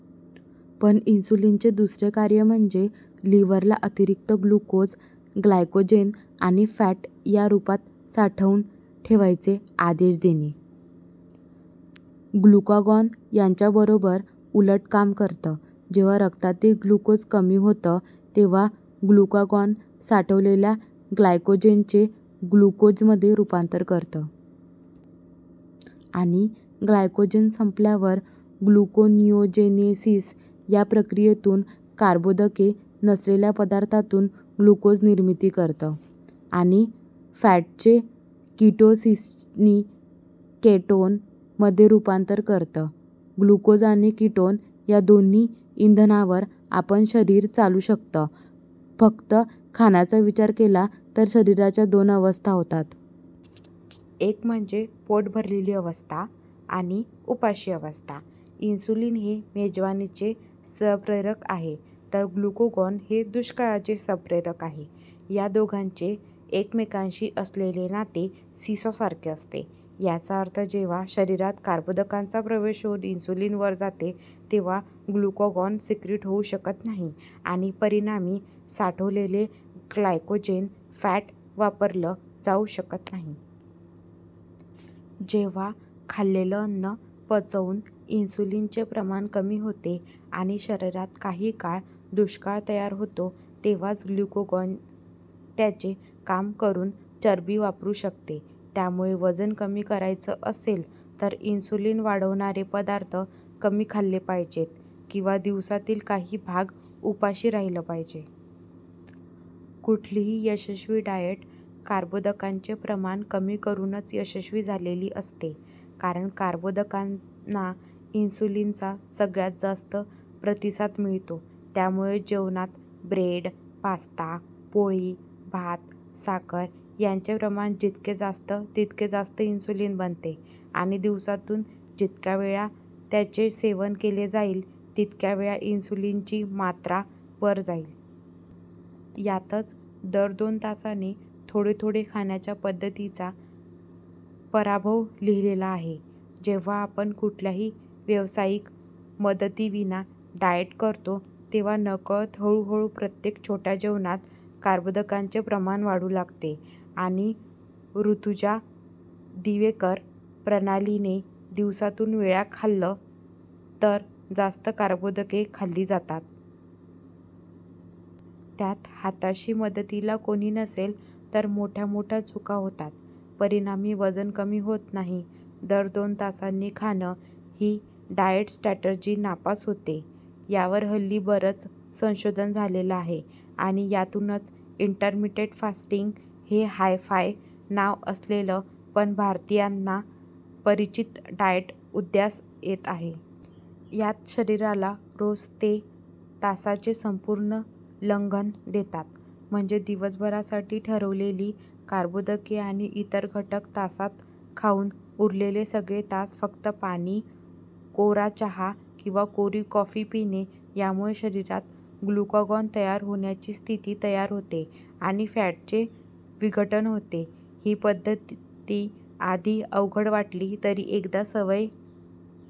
पण इन्सुलिनचे दुसरे कार्य म्हणजे लिव्हर ला अतिरिक्त ग्लुकोज, ग्लायकोजेन आणि फॅट या रूपात साठवून ठेवायचे आदेश देणे. ग्लुकागॉन याच्या बरोब्बर उलट काम करतं. जेव्हा रक्तातील ग्लुकोज कमी होतं तेव्हा ग्लुकागॉन साठवलेल्या ग्लायकोजेनचे ग्लुकोज मध्ये रूपांतर करतं. आणि ग्लायकोजेन संपल्यावर ग्लुकोनियोजेनेसिस या प्रक्रियेतून कर्बोदके नसलेल्या पदार्थातून ग्लुकोज निर्मिती करतं. आणि फॅटचे किटोसिसनी केटोन मध्ये रूपांतर करतं. ग्लुकोज आणि कीटोन या दोन्ही इंधनांवर आपलं शरीर चालू शकतं. फक्त खाण्याचा विचार केला तर शरीराच्या दोन अवस्था होतात. एक म्हणजे पोट भरलेली अवस्था आणि उपाशी अवस्था. इन्सुलिन हे मेजवानीचे संप्रेरक आहे तर ग्लुकागॉन हे दुष्काळाचे संप्रेरक आहे. या दोघांचे एकमेकांशी असलेले नाते सीसॉ सारखे असते. याचा अर्थ जेव्हा शरीरात कर्बोदकांचा प्रवेश होऊन इन्सुलिन वर जाते, तेव्हा ग्लुकागॉन सिक्रीट होऊ शकत नाही आणि परिणामी साठवलेलं ग्लायकोजेन, फॅट वापरलं जाऊ शकत नाही. जेव्हा खाल्लेलं अन्न पचवून इन्सुलिन चे प्रमाण कमी होते आणि शरीरात काही काळ दुष्काळ तयार होतो, तेव्हाच ग्लुकागॉन त्याचे काम करून चरबी वापरू शकते. त्यामुळे वजन कमी करायचं असेल तर इन्सुलिन वाढवणारे पदार्थ कमी खाल्ले पाहिजेत किंवा दिवसातील काही भाग उपाशी राहिलं पाहिजे. कुठलंही यशस्वी डाएट कर्बोदकांचे प्रमाण कमी करूनच यशस्वी झालेले असते. कारण कर्बोदकांना इन्सुलिनचा सगळ्यात जास्त प्रतिसाद मिळतो. त्यामुळे जेवणात ब्रेड, पास्ता, पोळी, भात, साखर याचे प्रमाण जितके जास्त तितके जास्त इन्सुलिन बनते. आणि दिवसातून जितक्यावेळा यांचे सेवन केले जाईल तितक्या वेळा इन्सुलिनची मात्रा वर जाईल. यातच दर दोन तासाने थोडं थोडं खाण्याच्या पद्धतीचा पराभव लिहिला आहे. जेव्हा आपण कुठल्याही व्यावसायिक मदतीविना डाएट करतो तेव्हा नकळत हळू हळू प्रत्येक छोट्या जेवणात कर्बोदकांचे प्रमाण वाढू लागते. आणि ऋजुता दिवेकर प्रणालीने दिवसातून वेळा खाल्लं तर जास्त कर्बोदके खाल्ली जातात. त्यात हाताशी मदतीला कोणी नसेल तर मोठ्या मोठ्या चुका होतात. परिणामी वजन कमी होत नाही. दर दोन तासांनी खाणं ही डाएट स्ट्रॅटेजी नापास होते यावर हल्ली बरंच संशोधन झालेलं आहे. आणि यातूनच इंटरमिटंट फास्टिंग हे हाय फाय नाव असलेलं पण भारतीयांना परिचित डाएट उदयास येत आहे. यात शरीराला रोज ते तासांचे संपूर्ण लंघन देतात. म्हणजे दिवसभरासाठी ठरवलेली कर्बोदके आणि इतर घटक तासात खाऊन उरलेले सगळे तास फक्त पाणी, कोरा चहा किंवा कोरी कॉफी पिणे. यामुळे शरीरात ग्लुकागॉन तयार होण्याची स्थिती तयार होते आणि फॅटचे विघटन होते. ही पद्धती आधी अवघड वाटली तरी एकदा सवय